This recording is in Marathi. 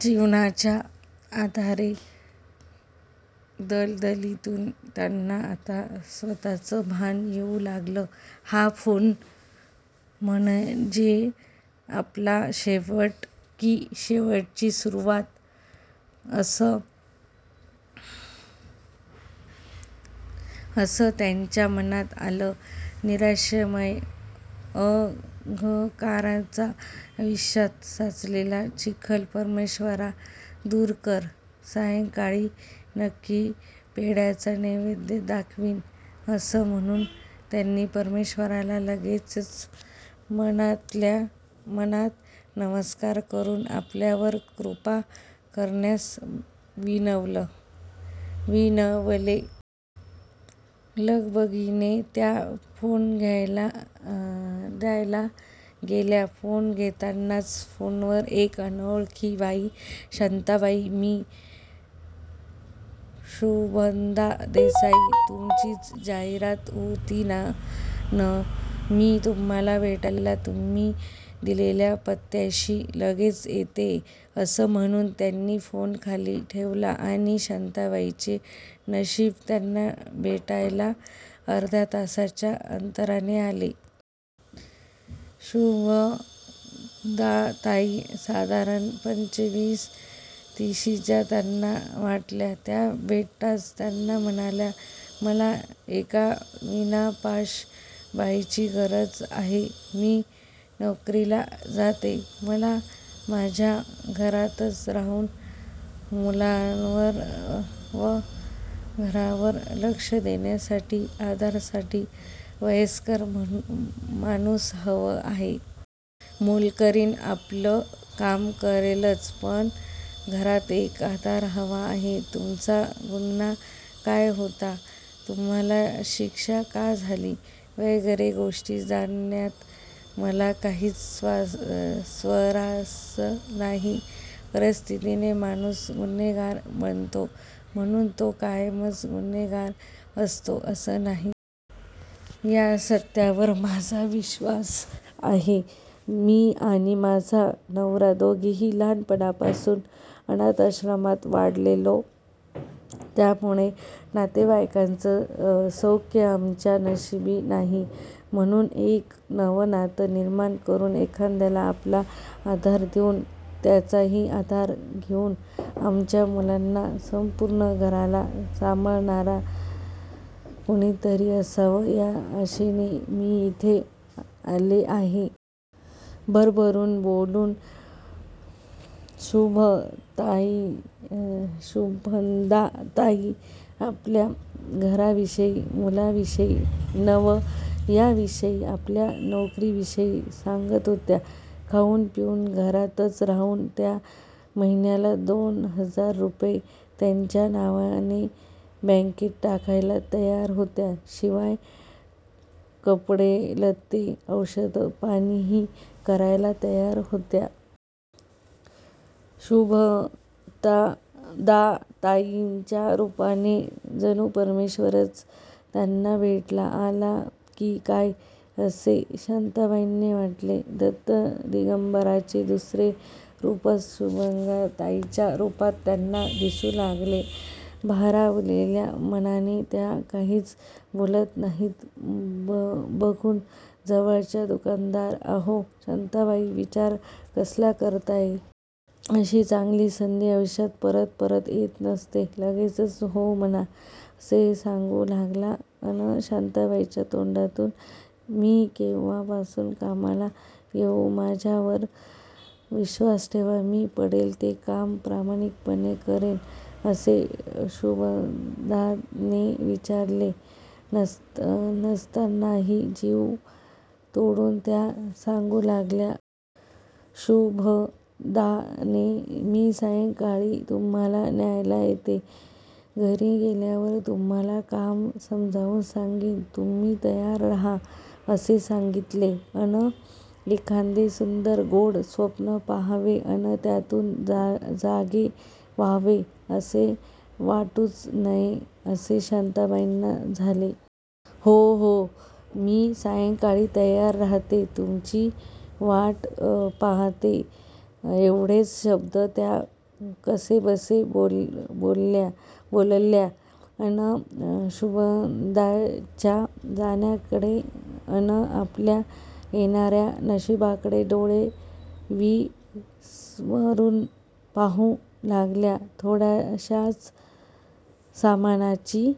जीवनाच्या अंधा-या दलदलीतून त्यांना आता स्वतचं भान येऊ लागलं. हा फोन म्हनजे आपला शेवट की शेवटाची सुरुवात? असं त्यांच्या मनांत आलं. "निराशामय अंघकाराचा आयुष्यात साचलेला चिखल परमेश्वरा दूर कर. सायंकाळी नक्की पेढ्याचा नैवेद्य दाखावीन" असं म्हणून त्यांनी परमेश्वराला लगेचच मनातल्या मनात नमस्कार करून आपल्यावर कृपा करण्यास विनवले. लगबगीने त्या फोन घ्यायला गेल्या. फोन घेताच फोनवर एक अनोळखी बाई, "शांताबाई, मी शुभदा देसाई तुमचीच जाहिरात होती नं, मी तुम्हाला भेटायला तुम्ही दिलेल्या पत्त्यापाशी लगेचच येतेय. " असं म्हणून त्यांनी फोन खाली ठेवला आणि शांताबाईंचे नशीब त्यांना भेटायला अर्ध्या तासाच्या अंतराने आले. शुभदाताई साधारण पंचविशी / तिशीच्या त्यांना वाटल्या. त्या भेटताच त्यांना म्हणाल्या, "मला एका विनापाश बाईची गरज आहे. मी नोकरीला जाते. मला माझ्या घरातच राहून मुलांवर व घरावर लक्ष देण्यासाठी. आधारासाठी वयस्कर माणूस हवं आहे. मोलकरीण आपलं काम करेलच. पण घरात एक आधार हवा आहे. तुमचा गुन्हा काय होता? तुम्हाला शिक्षा का झाली? वगैरे गोष्टी जाणण्यात मला काहीच स्वारस्य नाही. परिस्थितीने माणूस गुन्हेगार बनतो. म्हणून तो कायमच गुन्हेगार असतो असं नाही. या सत्यावर माझा विश्वास आहे. मी आणि माझा नवरा दोघेही लहानपणापासून अनथाश्रमात वाढलेलो. त्यामुळे नातेवाईंकाचं सौख्य आमच्या नशिबी नाही. म्हणून एक नवं नातं निर्माण करून, एखाद्याला आपला आधार देऊन, त्याचाही आधार घेऊन आमच्या मुलांना, संपूर्ण घराला सांभाळणारं कोणीतरी असावं या आशेनं मी इथं आले आहे. " भरभरून बोलून शुभदाताई आपल्या घराविषयी, मुलांविषयी, नव-याविषयी, आपल्या नोकरीविषयी सांगत होत्या. खाऊन पिऊन घरातच राहून त्या महिन्याला दोन हजार रुपये त्यांच्या नावाने बकेत टाकायला तयार होत्या. शिवाय कपडेलत्ते, औषधपाणीही करायला तयार होत्या. शुभदाताईच्या रुपाने जणू परमेश्वरच त्यांना भेटायला आला की काय असे शांताबाईंना वाटले. दत्तदिगंबराचे दुसरे रुपच शुभदाच्या रुपात त्यांना दिसू लागले. भारावलेल्या मनाने त्या काहीच बोलत नाहीत बघून जवळचा दुकानदार, "अहो शांताबाई, विचार कसला करताय? अशी चांगली संधी आयुष्यात परत परत येत नसते. लगेचच हो म्हणा. " असे सांगू लागला. अन शाताबाईंच्या तोंडून "मी केव्हापासून कामाला येऊ? माझ्यावर विश्वास ठेवा, मी पडेल ते काम प्रामाणिकपणे करेन. " असे शुभदाने विचारले नसतानाही जीव तोडून त्या सांगू लागल्या. शुभदाने, "मी सायंकाळी तुम्हाला न्यायला येते, घरी गेल्यावर तुम्हाला काम समजावून सांगेन. तुम्ही तयार रहा. " असे सांगितले. अन् एखादे सुंदर, गोड स्वप्न पडावे अन त्यातून जागे व्हावे असे वाटूच नये असे शांताबाईंना झाले. "हो, हो, मी सायंकाळी तयार रहाते, तुमची वाट पहाते. " एव्हढेच शब्द त्या कसेबसे बोलल्या. अन शुभदाच्या जाण्याकडे अन आपल्या येणा-या नशिबाकडे डोळे विस्फारून पाहू लागल्या. थोड्याशाच सामानाची